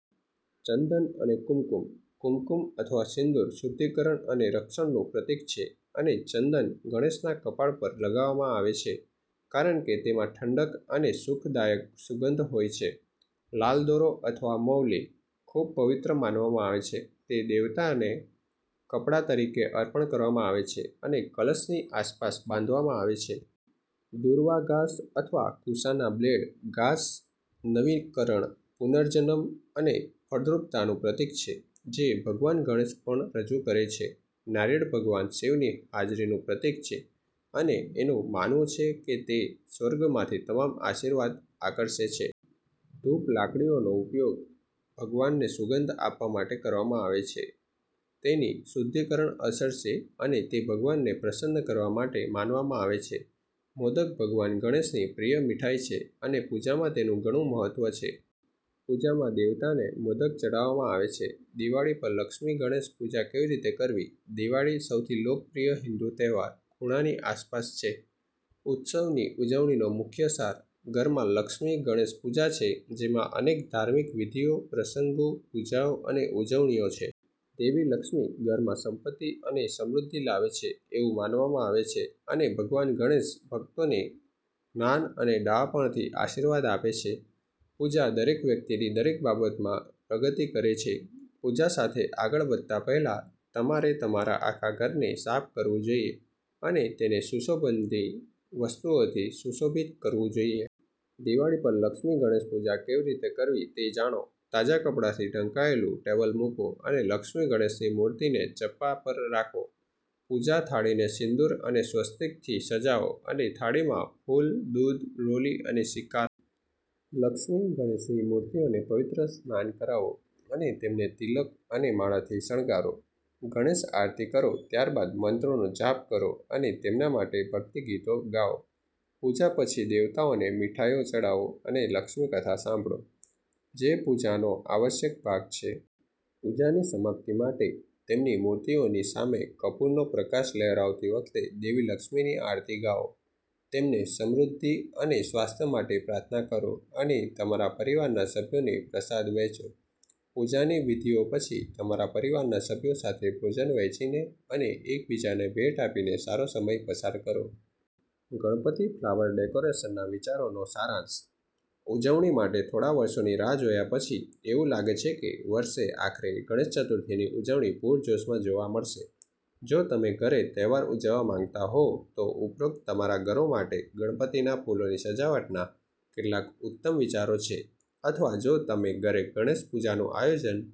ચંદન અને કુમકુમ. કુમકુમ અથવા સિંદૂર શુદ્ધિકરણ અને રક્ષણનું પ્રતીક છે, અને ચંદન ગણેશના કપાળ પર લગાવવામાં આવે છે કારણ કે તેમાં ઠંડક અને સુખદાયક સુગંધ હોય છે. લાલ દોરો અથવા મૌલી. ખૂબ પવિત્ર માનવામાં આવે છે, તે દેવતાને કપડા તરીકે અર્પણ કરવામાં આવે છે અને કલશની આસપાસ બાંધવામાં આવે છે. દુર્વા ઘાસ અથવા કુશાના બ્લેડ. ઘાસ નવીકરણ, પુનર્જન્મ અને ફળદ્રુપતાનું પ્રતીક છે, જે ભગવાન ગણેશ પણ રજૂ કરે છે. નારિયેળ ભગવાન શિવની હાજરીનું પ્રતીક છે અને એવું માનવામાં આવે છે કે તે સ્વર્ગમાંથી તમામ આશીર્વાદ આકર્ષે છે. ધૂપ લાકડીઓનો ઉપયોગ ભગવાનને સુગંધ આપવા માટે કરવામાં આવે છે. તેની શુદ્ધિકરણ અસર છે અને તે ભગવાનને પ્રસન્ન કરવા માટે માનવામાં આવે છે. મોદક ભગવાન ગણેશની પ્રિય મીઠાઈ છે અને પૂજામાં તેનું ઘણું મહત્વ છે. પૂજામાં દેવતાને મોદક ચઢાવવામાં આવે છે. દિવાળી પર લક્ષ્મી ગણેશ પૂજા કેવી રીતે કરવી? દિવાળી, સૌથી લોકપ્રિય હિન્દુ તહેવાર, ખૂણાની આસપાસ છે. ઉત્સવની ઉજવણીનો મુખ્ય સાર. ઘરમાં લક્ષ્મી ગણેશ પૂજા છે, જેમાં અનેક ધાર્મિક વિધિઓ, પ્રસંગો, પૂજાઓ અને ઉજવણીઓ છે. દેવી લક્ષ્મી ઘરમાં સંપત્તિ અને સમૃદ્ધિ લાવે છે એવું માનવામાં આવે છે, અને ભગવાન ગણેશ ભક્તોને જ્ઞાન અને ડહાપણથી આશીર્વાદ આપે છે. પૂજા દરેક વ્યક્તિની દરેક બાબતમાં પ્રગતિ કરે છે. પૂજા સાથે આગળ વધતા પહેલા, તમારે તમારા આખા ઘરને સાફ કરવું જોઈએ અને તેને સુશોભનની વસ્તુઓથી સુશોભિત કરવું જોઈએ. દિવાળી પર લક્ષ્મી ગણેશ પૂજા કેવી રીતે કરવી તે જાણો. તાજા કપડાથી ઢંકાયેલું ટેબલ મૂકો અને લક્ષ્મી ગણેશની મૂર્તિને ચપ્પા પર રાખો. પૂજા થાળીને સિંદૂર અને સ્વસ્તિકથી સજાવો અને થાળીમાં ફૂલ, દૂધ, રોલી અને સિક્કા રાખો. લક્ષ્મી ગણેશની મૂર્તિઓને પવિત્ર સ્નાન કરાવો અને તેમને તિલક અને માળાથી શણગારો. ગણેશ આરતી કરો, ત્યારબાદ મંત્રોનો જાપ કરો અને તેમના માટે ભક્તિ ગીતો ગાઓ. પૂજા પછી દેવતાઓને મીઠાઈઓ ચઢાવો અને લક્ષ્મી કથા સાંભળો, જે પૂજાનો આવશ્યક ભાગ છે. પૂજાની સમાપ્તિ માટે, તેમની મૂર્તિઓની સામે કપૂરનો પ્રકાશ લહેરાવતી વખતે દેવી લક્ષ્મીની આરતી ગાઓ. તેમને સમૃદ્ધિ અને સ્વાસ્થ્ય માટે પ્રાર્થના કરો અને તમારા પરિવારના સભ્યોને પ્રસાદ વહેંચો. પૂજાની વિધિઓ પછી, તમારા પરિવારના સભ્યો સાથે ભોજન વહેંચીને અને એકબીજાને ભેટ આપીને સારો સમય પસાર કરો. ગણપતિ ફ્લાવર ડેકોરેશનના વિચારોનો સારાંશ. ઉજવણી માટે થોડા વર્ષોની રાહ જોયા પછી, એવું લાગે છે કે વર્ષે આખરે ગણેશ ચતુર્થીની ઉજવણી પૂરજોશમાં જોવા મળશે. જો તમે ઘરે તહેવાર ઉજવવા માંગતા હો, તો ઉપરોક્ત તમામ ઘરો માટે ગણપતિના ફૂલોની સજાવટના કેટલાક ઉત્તમ વિચારો છે. અથવા, જો તમે ઘરે ગણેશ પૂજાનું આયોજન